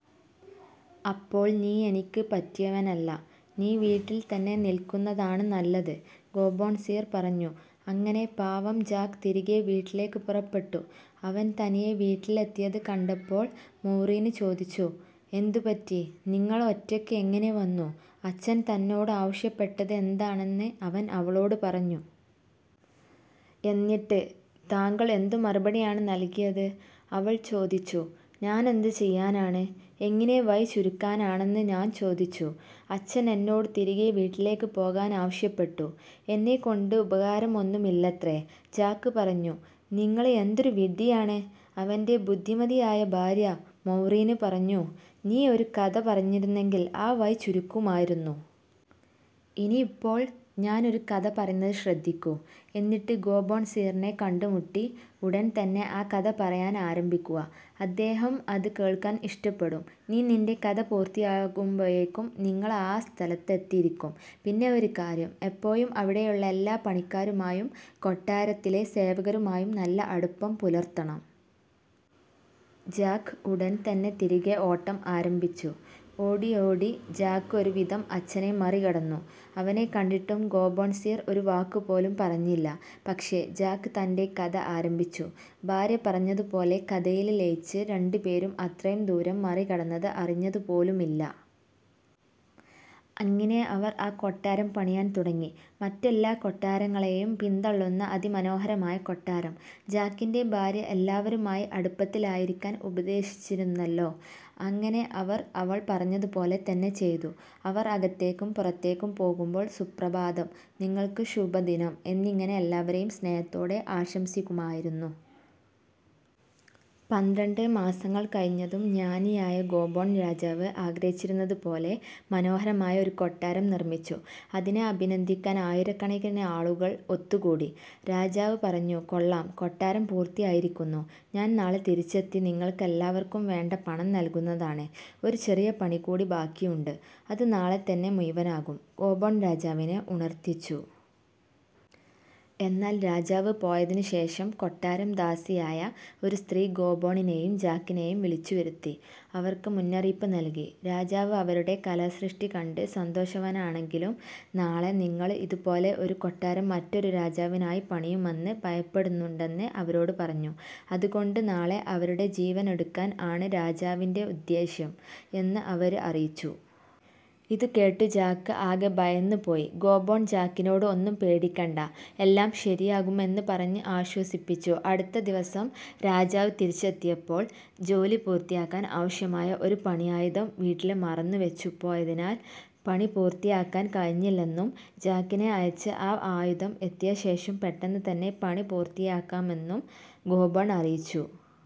" "അപ്പോൾ നീ എനിക്ക് പറ്റിയവനല്ല, നീ വീട്ടിൽ തന്നെ നിൽക്കുന്നതാണ് നല്ലത്. " ഗോബ്ബോൺ സീർ പറഞ്ഞു. അങ്ങനെ പാവം ജാക്ക് തിരികെ വീട്ടിലേയ്ക്ക് പുറപ്പെട്ടു. അവൻ തനിയെ വീട്ടിലെത്തിയത് കണ്ടപ്പോള് മൌറീന് ചോദിച്ചു, "എന്തുപറ്റി, നിങ്ങള് ഒറ്റയ്ക്ക് എങ്ങനെ വന്നു? " അച്ഛൻ തന്നോട് ആവശ്യപ്പെട്ടത് എന്താണെന്ന് അവൻ അവളോട് പറഞ്ഞു. "എന്നിട്ട്? താങ്കള് എന്തു മറുപടിയാണ് നല്കിയത്? " അവള് ചോദിച്ചു. "ഞാനെന്ത് ചെയ്യാനാണ്? എങ്ങിനെ വഴി ചുരുക്കാനാണെന്ന് ഞാന് ചോദിച്ചു. അച്ഛന് എന്നോടു തിരികെ വീട്ടിലേയ്ക്ക് പോകാനാവശ്യപ്പെട്ടു. എന്നെകൊണ്ട് ഉപകാരമൊന്നുമില്ലത്രേ! " ജാക്ക് പറഞ്ഞു. "നിങ്ങള് എന്തൊരു വിഡ്ഢിയാണ്? " അവന്റെ ബുദ്ധിമതിയായ ഭാര്യ, മൌറീന് പറഞ്ഞു, "നീ ഒരു കഥ പറഞ്ഞിരുന്നെങ്കിൽ ആ വഴി ചുരുക്കുമായിരുന്നു! ഇനിയിപ്പോള് ഞാൻ ഒരു കഥ പറയുന്നത് ശ്രദ്ധിക്കൂ, എന്നിട്ട് ഗോബ്ബോൺ സീറിനെ കണ്ടുമുട്ടി ഉടൻ തന്നെ ആ കഥ പറയാന് ആരംഭിക്കുക. അദ്ദേഹം അത് കേൾക്കാൻ ഇഷ്ടപ്പെടും, നീ നിന്റെ കഥ പൂർത്തിയാകുമ്പോഴേക്കും നിങ്ങള് ആ സ്തലത്തെത്തിയിരിക്കും. പിന്നെ ഒരു കാര്യം, എപ്പോഴും അവിടെയുള്ള എല്ലാ പണിക്കാരുമായും, കൊട്ടാരത്തിലെ സേവകരുമായും നല്ല അടുപ്പം പുലര്ത്തണം. " ജാക്ക് ഉടന് തന്നെ തിരികെ ഓട്ടം ആരഭിച്ചു. ഓടിയോടി ജാക്ക് ഒരു വിധം അച്ഛനെ മറികടന്നു. അവനെ കണ്ടിട്ടും ഗോബ്ബോൺ സീർ ഒരു വാക്കുപോലും പറഞ്ഞില്ല, പക്ഷേ ജാക്ക് തന്റെ കഥ ആരംഭിച്ചു, ഭാര്യ പറഞ്ഞതുപോലെ കഥയില് ലയിച്ച് രണ്ടു പേരും അത്രയും ദൂരം മറികടന്നത് അറിഞ്ഞത് പോലുമില്ല. അങ്ങിനെ അവർ ആ കൊട്ടാരം പണിയാൻ തുടങ്ങി. മറ്റെല്ലാ കൊട്ടാരങ്ങളെയും പിന്തള്ളുന്ന അതിമനോഹരമായ കൊട്ടാരം! ജാക്കിന്റെ ഭാര്യ എല്ലാവരുമായി അടുപ്പത്തിലായിരിക്കാൻ ഉപദേശിച്ചിരുന്നല്ലോ? അങ്ങനെ അവർ അവൾ പറഞ്ഞതുപോലെ തന്നെ ചെയ്തു, അവർ അകത്തേക്കും പുറത്തേക്കും പോകുമ്പോൾ "സുപ്രഭാതം", "നിങ്ങൾക്ക് ശുഭദിനം" എന്നിങ്ങനെ എല്ലാവരെയും സ്നേഹത്തോടെ ആശംസിക്കുമായിരുന്നു. പന്ത്രണ്ട് മാസങ്ങള് കഴിഞ്ഞതും, ജ്ഞാനിയായ ഗോബ്ബോൺ രാജാവ് ആഗ്രഹിച്ചിരുന്നത് പോലെ മനോഹരമായ ഒരു കൊട്ടാരം നിർമ്മിച്ചു, അതിനെ അഭിനന്ദിക്കാൻ ആയിരക്കണക്കിന് ആളുകൾ ഒത്തുകൂടി. രാജാവ് പറഞ്ഞു: "കൊള്ളാം. കൊട്ടാരം പൂർത്തിയായിരിക്കുന്നു. ഞാൻ നാളെ തിരിച്ചെത്തി നിങ്ങൾക്കെല്ലാവർക്കും വേണ്ട പണം നൽകുന്നതാണ്. " "ഒരു ചെറിയ പണി കൂടി ബാക്കിയുണ്ട്, അത് നാളെ തന്നെ മുഴുവനാകും" ഗോബ്ബോൺ രാജാവിനെ ഉണര്ത്തിച്ചു. എന്നാൽ രാജാവ് പോയതിനുശേഷം, കൊട്ടാരം ദാസിയായ ഒരു സ്ത്രീ ഗോബ്ബോണിനെയും ജാക്കിനെയും വിളിച്ചുവരുത്തി. അവർക്ക് മുന്നറിയിപ്പ് നല്കി. രാജാവ് അവരുടെ കലാസൃഷ്ടി കണ്ട് സന്തോഷവാനാണെങ്കിലും, നാളെ നിങ്ങള് ഇത് പോലെ ഒരു കൊട്ടാരംമറ്റൊരു രാജാവിനായി പണിയുമെന്ന് ഭയപ്പെടുന്നുണ്ടെന്ന് അവരോട് പറഞ്ഞു. അത് കൊണ്ട് നാളെ അവരുടെ ജീവൻ എടുക്കാൻ ആണ് രാജാവിന്റെ ഉദ്ദേശ്യം എന്ന് അവര് അറിയിച്ചു. ഇത് കേട്ടു ജാക്ക് ആകെ ഭയന്ന് പോയി. ഗോബ്ബോൺ ജാക്കിനോട് ഒന്നും പേടിക്കേണ്ട, എല്ലാം ശരിയാകും എന്ന് പറഞ്ഞ് ആശ്വസിപ്പിച്ചു. അടുത്ത ദിവസം രാജാവ് തിരിച്ചെത്തിയപ്പോൾ, ജോലി പൂർത്തിയാക്കാൻ ആവശ്യമായ ഒരു പണിയായുധം വീട്ടില് മറന്നു വെച്ചു പോയതിനാല് പണി പൂര്ത്തിയാക്കാന് കഴിഞ്ഞില്ലെന്നും, ജാക്കിനെ അയച്ച് ആ ആയുധം എത്തിയ ശേഷം പെട്ടെന്ന് തന്നെ പണി പൂരത്തിയാക്കാമെന്നും ഗോബ്ബോൺ അറിയിച്ചു.